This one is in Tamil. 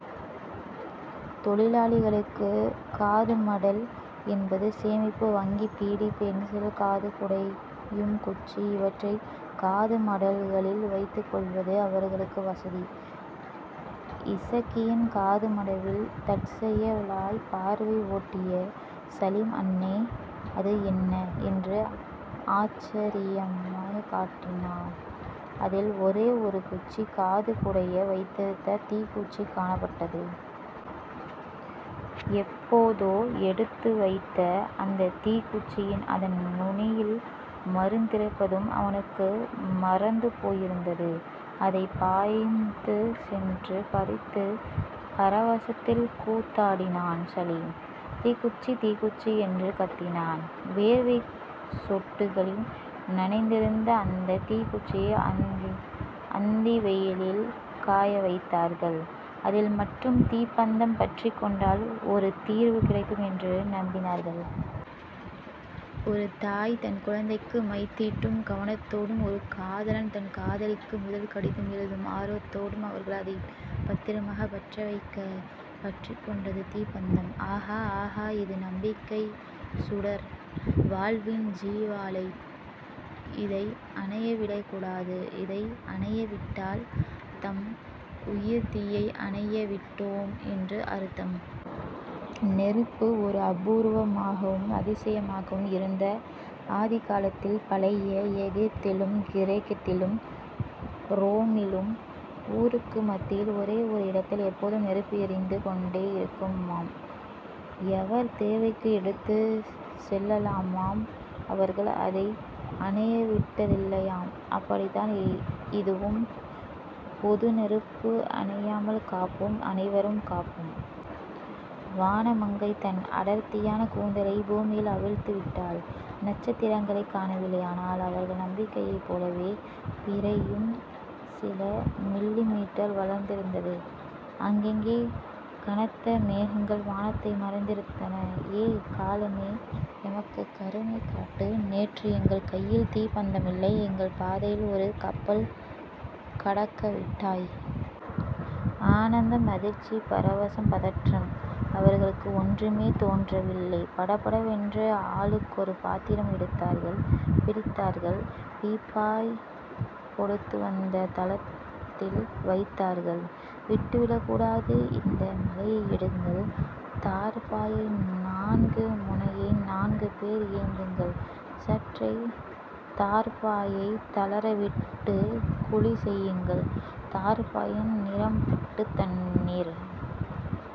தொழிலாளிகளுக்குக் காதுமடல் என்பது சேமிப்பு வங்கி. பீடி, பென்சில், காது குடையும் குச்சி இவற்றைக் காதுமடல்களில் வைத்துக்கொள்வது அவர்களுக்கு வசதி. இசக்கியின் காதுமடலில் தற்செயலாய்ப் பார்வை ஓட்டிய சலீம், அண்ணே. அது என்ன? என்று ஆச்சரியம்மாய் காட்டினான். அதில் ஒரே ஒரு குச்சி காது குடைய வைத்திருந்த தீக்குச்சி காணப்பட்டது. எப்போதோ எடுத்து வைத்த அந்தத் தீக்குச்சியும் அதன் நுனியில் மருந்திருப்பதும் அவனுக்கு மறந்து போயிருந்தது. அதைப் பாய்ந்துசென்று பறித்துப் பரவசத்தில் கூத்தாடினான் சலீம். தீக்குச்சி. தீக்குச்சி. என்று கத்தினான். வேர்வைச் சொட்டுகளில் நனைந்திருந்த அந்தத் தீக்குச்சியை அந்திவெயிலில் காயவைத்தார்கள். அதில் மட்டும் தீப்பந்தம் பற்றிக்கொண்டால் ஒரு தீர்வு கிடைக்கும் என்று நம்பினார்கள். ஒரு தாய் தன் குழந்தைக்கு மைதீட்டும் கவனத்தோடும், ஒரு காதலன் தன் காதலிக்கு முதல் கடிதம் எழுதும் ஆர்வத்தோடும் அவர்கள் அதைப் பத்திரமாகப் பற்றவைக்க, பற்றிக்கொண்டது தீப்பந்தம். ஆகா. ஆகா. இது நம்பிக்கைச் சுடர். வாழ்வின் ஜுவாலை. இதை அணைய விடக்கூடாது. இதை அணையவிட்டால், நம் உயிர்த்தீயை அணையவிட்டோம் என்று அர்த்தம். நெருப்பு ஓர் அபூர்வமாகவும் அதிசயமாகவும் இருந்த ஆதிகாலத்தில், பழைய எகிப்திலும் கிரேக்கத்திலும் ரோமிலும் ஊருக்கு மத்தியில் ஒரே ஓர் இடத்தில், எப்போதும் நெருப்பு எரிந்து கொண்டேயிருக்குமாம். எவர் தேவைக்கும் எடுத்துச் செல்லலாமாம். அவர்கள் அதை அணையவிட்டதில்லையாம். அப்படித்தான் இதுவும் பொதுநெருப்பு. அணையாமல் காப்போம். அனைவரும் காப்போம். வானமங்கை தன் அடர்த்தியான கூந்தலைப் பூமியில் அவிழ்த்துவிட்டாள். நட்சத்திரங்களைக் காணவில்லை. ஆனால், அவர்கள் நம்பிக்கையைப் போலவே, பிறையும் சில மில்லிமீட்டர் வளர்ந்திருந்தது. அங்கங்கே கனத்த மேகங்கள் வானத்தை மறைத்திருந்தன. ஏ காலமே. எமக்குக் கருணை காட்டு. நேற்று எங்கள் கையில் தீப்பந்தமில்லை. எங்கள் பாதையில் ஒரு கப்பல் கடக்கவிட்டாய். ஆனந்தம் அதிர்ச்சி பரவசம் பதற்றம்.... அவர்களுக்கு ஒன்றுமே தோன்றவில்லை. படபடவென்று ஆளுக்கொரு பாத்திரம் எடுத்தார்கள், பிடித்தார்கள். பீப்பாய் கொடுத்துவந்த தளத்தில் வைத்தார்கள் விட்டுவிடக்கூடாது இந்த மழையை எடுங்கள் தார்ப்பாயை. நான்கு முனையை நான்கு பேர் ஏந்துங்கள் சற்றே தார்ப்பாயைத் தளரவிட்டுக் குழி செய்யுங்கள், தார்ப்பாயில் நிரம்பட்டும் தண்ணீர்.